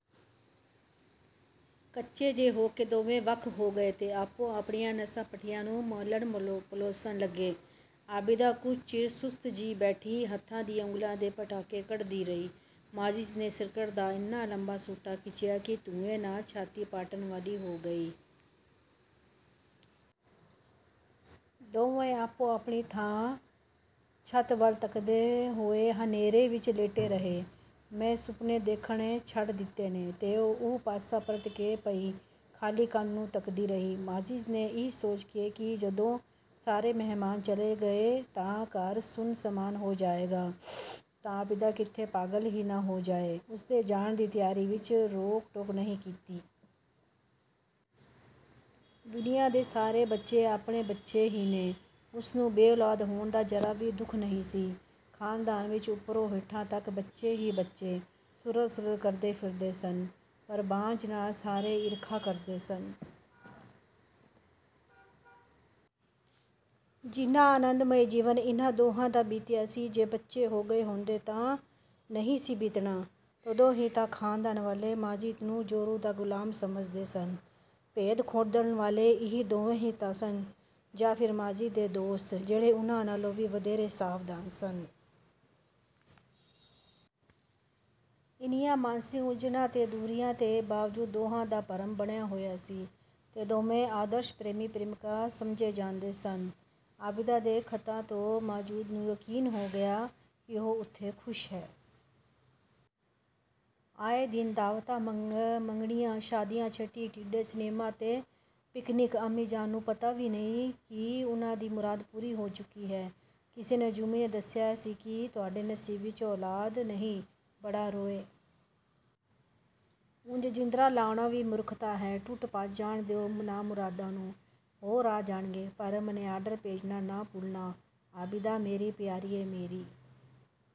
ਕੱਚੇ ਜਿਹੇ ਹੋ ਕੇ ਦੋਵੇਂ ਵੱਖ ਹੋ ਗਏ ਤੇ ਆਪੋ-ਆਪਣੀਆਂ ਨਸਾਂ-ਪੱਠਿਆਂ ਨੂੰ ਮਲਣ-ਪਲੋਸਣ ਲੱਗੇ। ਆਬਿਦਾ ਕੁਝ ਚਿਰ ਸੁਸਤ ਜਿਹੀ ਬੈਠੀ ਹੱਥਾਂ ਦੀਆਂ ਉਂਗਲਾਂ ਦੇ ਪਟਾਕੇ ਕੱਢਦੀ ਰਹੀ। ਮਾਜਿਦ ਨੇ ਸਿਗਰਟ ਦਾ ਇੰਨਾ ਲੰਮਾ ਸੂਟਾ ਖਿੱਚਿਆ ਕਿ ਧੂੰਏਂ ਨਾਲ ਛਾਤੀ ਪਾਟਣ ਵਾਲੀ ਹੋ ਗਈ। ਦੋਵੇਂ ਆਪੋ-ਆਪਣੀ ਥਾਂ, ਛੱਤ ਵੱਲ ਤੱਕਦੇ ਹੋਏ ਹਨੇਰੇ ਵਿੱਚ ਲੇਟੇ ਰਹੇ। "ਮੈਂ ਸੁਪਨੇ ਦੇਖਣੇ ਛੱਡ ਦਿੱਤੇ ਨੇ।" ਤੇ ਉਹ ਪਾਸਾ ਪਰਤ ਕੇ ਪਈ, ਖ਼ਾਲੀ ਕੰਧ ਨੂੰ ਤੱਕਦੀ ਰਹੀ। ਮਾਜਿਦ ਨੇ ਇਹ ਸੋਚ ਕੇ ਕਿ ਜਦੋਂ ਸਾਰੇ ਮਹਿਮਾਨ ਚਲੇ ਗਏ ਤੇ ਘਰ ਸੁੰਨ-ਮਸਾਨ ਹੋ ਜਾਏਗਾ, ਤਾਂ ਆਬਿਦਾ ਕਿਤੇ ਪਾਗਲ ਹੀ ਨਾ ਹੋ ਜਾਏ, ਉਸਦੇ ਜਾਣ ਦੀ ਤਿਆਰੀ ਵਿੱਚ ਰੋਕ-ਟੋਕ ਨਹੀਂ ਕੀਤੀ। 'ਦੁਨੀਆਂ ਦੇ ਸਾਰੇ ਬੱਚੇ, ਆਪਣੇ ਬੱਚੇ ਹੀ ਨੇ।' ਉਸਨੂੰ ਬੇਔਲਾਦ ਹੋਣ ਦਾ ਜ਼ਰਾ ਵੀ ਦੁੱਖ ਨਹੀਂ ਸੀ। ਖਾਨਦਾਨ ਵਿੱਚ ਉੱਪਰੋਂ ਹੇਠਾਂ ਤੱਕ ਬੱਚੇ ਹੀ ਬੱਚੇ, ਸੁਰਲ-ਸੁਰਲ ਕਰਦੇ ਫਿਰਦੇ ਸਨ। ਪਰ ਬਾਂਝ ਨਾਲ ਸਾਰੇ ਈਰਖਾ ਕਰਦੇ ਸਨ। ਜਿੰਨਾ ਆਨੰਦਮਈ ਜੀਵਨ ਇਹਨਾਂ ਦੋਹਾਂ ਦਾ ਬੀਤਿਆ ਸੀ, ਜੇ ਬੱਚੇ ਹੋ ਗਏ ਹੁੰਦੇ ਤਾਂ ਨਹੀਂ ਸੀ ਬੀਤਣਾ। ਤਦੋਂ ਹੀ ਤਾਂ ਖਾਨਦਾਨ ਵਾਲੇ ਮਾਜਿਦ ਨੂੰ ਜ਼ੋਰੂ ਦਾ ਗ਼ੁਲਾਮ ਸਮਝਦੇ ਸਨ। ਭੇਦ ਖੋਲ੍ਹਣ ਵਾਲੇ ਇਹ ਦੋਵੇਂ ਹੀ ਤਾਂ ਸਨ ਜਾਂ ਫਿਰ ਮਾਜਿਦ ਦੇ ਦੋਸਤ, ਜਿਹੜੇ ਉਹਨਾਂ ਨਾਲੋਂ ਵੀ ਵਧੇਰੇ ਸਾਵਧਾਨ ਸਨ। ਇੰਨੀਆਂ ਮਾਨਸਿਕ ਉਲਝਣਾਂ ਤੇ ਦੂਰੀਆਂ ਦੇ ਬਾਵਜੂਦ ਦੋਹਾਂ ਦਾ ਭਰਮ ਬਣਿਆ ਹੋਇਆ ਸੀ, ਤੇ ਦੋਵੇਂ ਆਦਰਸ਼ ਪ੍ਰੇਮੀ-ਪ੍ਰੇਮਿਕਾ ਸਮਝੇ ਜਾਂਦੇ ਸਨ। ਆਬਿਦਾ ਦੇ ਖ਼ਤਾਂ ਤੋਂ ਮਾਜਿਦ ਨੂੰ ਯਕੀਨ ਹੋ ਗਿਆ, ਕਿ ਉਹ ਉੱਥੇ ਖੁਸ਼ ਹੈ। ਆਏ ਦਿਨ ਦਾਵਤਾਂ, ਮੰਗਣੀਆਂ, ਸ਼ਾਦੀਆਂ, ਛਠੀ, ਢਿੱਡੇ, ਸਿਨੇਮਾ ਤੇ ਪਿਕਨਿਕ। ਅੰਮੀ ਜਾਨ ਨੂੰ ਪਤਾ ਵੀ ਨਹੀਂ ਕਿ ਉਹਨਾਂ ਦੀ ਮੁਰਾਦ ਪੂਰੀ ਹੋ ਚੁੱਕੀ ਹੈ। ਕਿਸੇ ਨਜੂਮੀ ਨੇ ਦੱਸਿਆ ਸੀ ਕਿ ਤੁਹਾਡੇ ਨਸੀਬ ਵਿੱਚ ਔਲਾਦ ਨਹੀਂ, ਬੜਾ ਰੋਏ। ਉਂਜ ਜਿੰਦਰਾ ਲਾਉਣਾ ਵੀ ਮੂਰਖਤਾ ਹੈ, ਟੁੱਟ-ਭੱਜ ਜਾਣ ਦਿਓ ਨਾਮੁਰਾਦਾਂ ਨੂੰ, ਹੋਰ ਆ ਜਾਣਗੇ। ਪਰ ਮਨੀਆਰਡਰ ਭੇਜਣਾ ਨਾ ਭੁੱਲਣਾ।''ਆਬਿਦਾ--! ਮੇਰੀ ਪਿਆਰੀਏ। ਮੇਰੀ